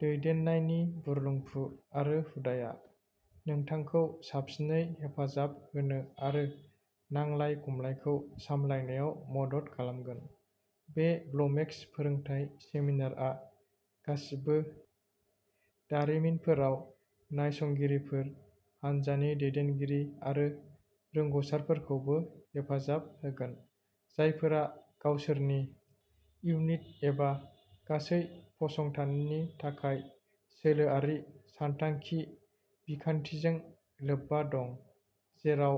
दैदेननायनि बुंफुरलु आरो हुदाया नोंथांखौ साबसिनै हेफाजाब होनो आरो नांलाय खमलायखौ सामलायनायाव मदद खालामगोन। बे ग्ल'मेक्स फोरोंथाय सेमिनारआ गासिबो दारिमिनफोराव नायसंगिरिफोर, हानजानि दैदेनगिरि आरो रोंग'सारफोरखौबो हेफाजाब होगोन, जायफोरा गावसोरनि इउनिट एबा गासै फसंथाननि थाखाय सोलोआरि सानथांखि बिखान्थिजों लोब्बा दं, जेराव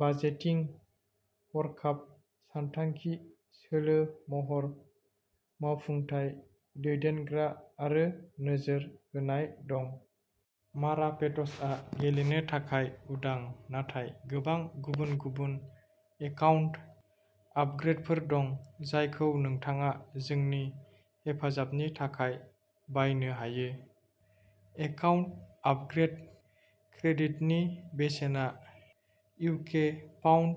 बाजेटिं, हरखाब सानथांखि, सोलो महर, मावफुंथाय, दैदेनग्रा आरो नोजोर होनाय दं। मारापेट्सआ गेलेनो थाखाय उदां नाथाय गोबां गुबुन गुबुन एकाउन्ट आपग्रेदफोर दं, जायखौ नोंथाङा जोंनि हेफाजाबनि थाखाय बायनो हायो। एकाउन्ट आपग्रेद क्रेडिटनि बेसेना इउके पाउन्द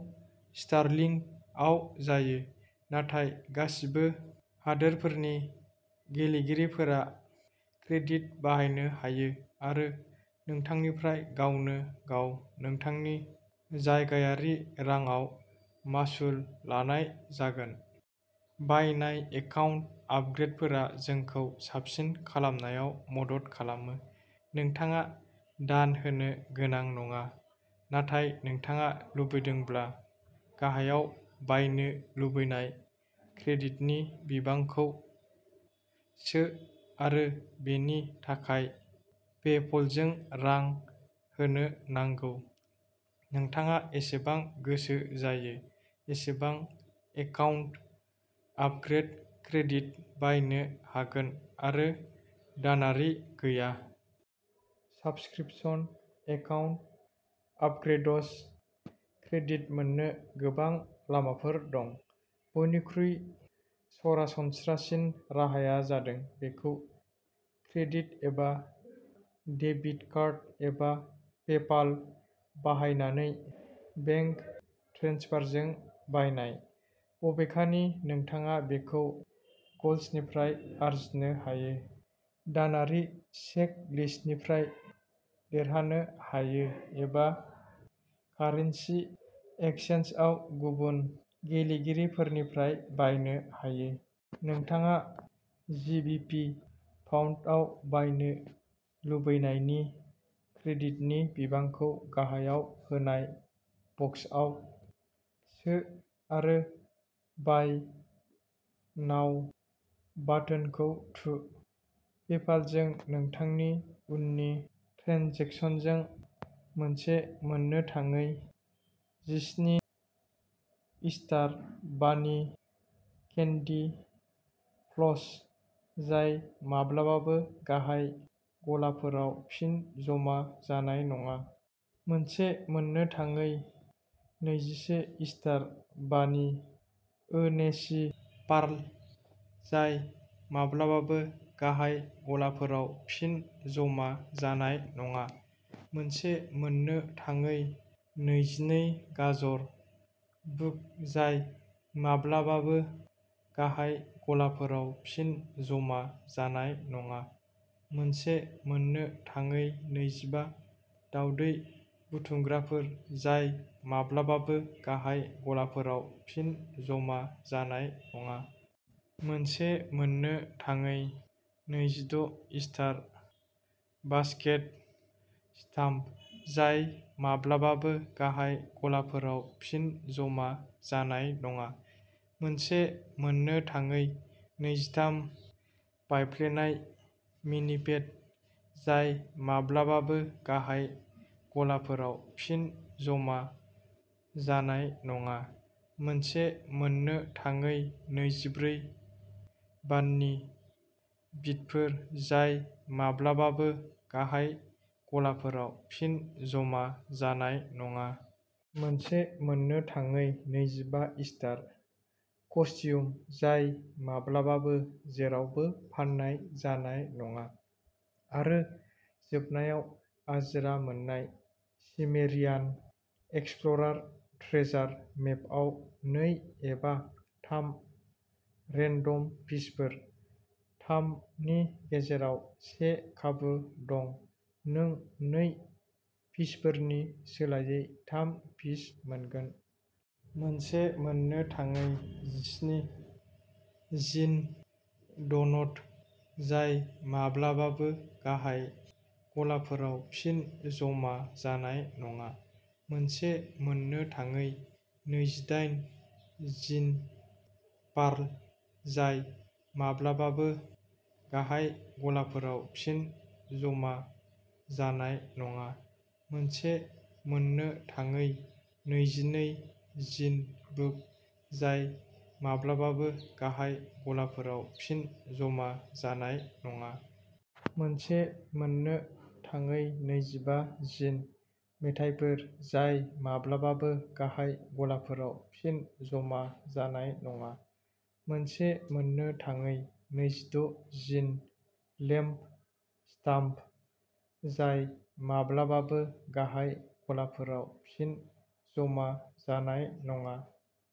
स्टर्लिंग आव जायो, नाथाय गासिबो हादोरफोरनि गेलेगिरिफोरा क्रेडिट बायनो हायो आरो नोंथांनिफ्राय गावनो गाव नोंथांनि जायगायारि रांआव मासुल लानाय जागोन। बायनाय एकाउन्ट आपग्रेदफोरा जोंखौ साबसिन खालामनायाव मदद खालामो। नोंथाङा दान होनो गोनां नङा, नाथाय नोंथाङा लुबैदोंब्ला, गाहायाव बायनो लुबैनाय क्रेडिटनि बिबांखौ सो आरो बेनि थाखाय पेप'लजों रां होनो नांगौ। नोंथाङा जेसेबां गोसो जायो एसेबां एकाउन्ट आपग्रेद क्रेडिट बायनो हागोन आरो दानारि गैया। साब्सक्रिप्शन। एकाउन्ट आपग्रेड्स क्रेडिट मोननो गोबां लामाफोर दं। बयनिख्रुइ सरासनस्रासिन राहाया जादों बेखौ क्रेडिट एबा डेबिट कार्ड एबा पेपाल बाहायनानै बेंक ट्रेन्सफारजों बायनाय। बबेखानि, नोंथाङा बेखौ गल्सनिफ्राय आरजिनो हायो, दानारि चेकलिस्टनिफ्राय देरहानो हायो एबा कारेन्सि एक्सचेन्जआव गुबुन गेलेगिरिफोरनिफ्राय बायनो हायो। नोंथाङा जिबिपि पाउन्डआव बायनो लुबैनायनि क्रेडिटनि बिबांखौ गाहायाव होनाय बक्सआव सो आरो बाय नाउ बाटोनखौ थु। पेपालजों नोंथांनि उननि ट्रेन्जेकसनजों!! मोनसे मोननो थाङै जिस्नि इस्टार बानि केन्डि फ्लस जाय माब्लाबाबो गाहाय गलाफोराव फिन जमा जानाय नङा। मोनसे मोननो थाङै नैजिसे इस्टार बानि ओनेसि पार्ल जाय माब्लाबाबो गाहाय गलाफोराव फिन जमा जानाय नङा। मोनसे मोननो थाङै नैजिनै गाजर बुक जाय माब्लाबाबो गाहाय गलाफोराव फिन जमा जानाय नङा। मोनसे मोननो थाङै नैजिबा दावदै बुथुमग्राफोर जाय माब्लाबाबो गाहाय गलाफोराव फिन जमा जानाय नङा। मोनसे मोननो थाङै नैजिद' इस्टार बास्केट स्टाम्प जाय माब्लाबाबो गाहाय गलाफोराव फिन जमा जानाय नङा। मोनसे मोननो थाङै नैजिथाम बायफ्लेनाय मिनिपेट जाय माब्लाबाबो गाहाय गलाफोराव फिन जमा जानाय नङा। मोनसे मोननो थाङै नैजिब्रै बाननि बिटफोर जाय माब्लाबाबो गाहाय गलाफोराव फिन जमा जानाय नङा। मोनसे मोननो थाङै नैजिबा इस्टार कस्टियुम जाय माब्लाबाबो जेरावबो फान्नाय जानाय नङा। आरो जोबनायाव, आजिरा मोननाय सिमेरियान एक्सप्ल'रार ट्रेजार मेपआव नै एबा थाम रेन्डम पिसफोर। थाम नि गेजेराव से खाबु दं नों नै पिसफोरनि सोलायै थाम पिस मोनगोन। मोनसे मोननो थाङै जिस्नि जिन ड'नट जाय माब्लाबाबो गाहाय गलाफोराव फिन जमा जानाय नङा। मोनसे मोननो थाङै नैजिदाइन जिन पार्ल जाय माब्लाबाबो गाहाय गलाफोराव फिन जमा जानाय नङा। मोनसे मोननो थाङै नैजिनै जिन बुक जाय माब्लाबाबो गाहाय गलाफोराव फिन जमा जानाय नङा। मोनसे मोननो थाङै नैजिबा जिन मेथाइफोर जाय माब्लाबाबो गाहाय गलाफोराव फिन जमा जानाय नङा। मोनसे मोननो थाङै नैजिद' जिन लेम्प स्टाम्प जाय माब्लाबाबो गाहाय गलाफोराव फिन जमा जानाय नङा।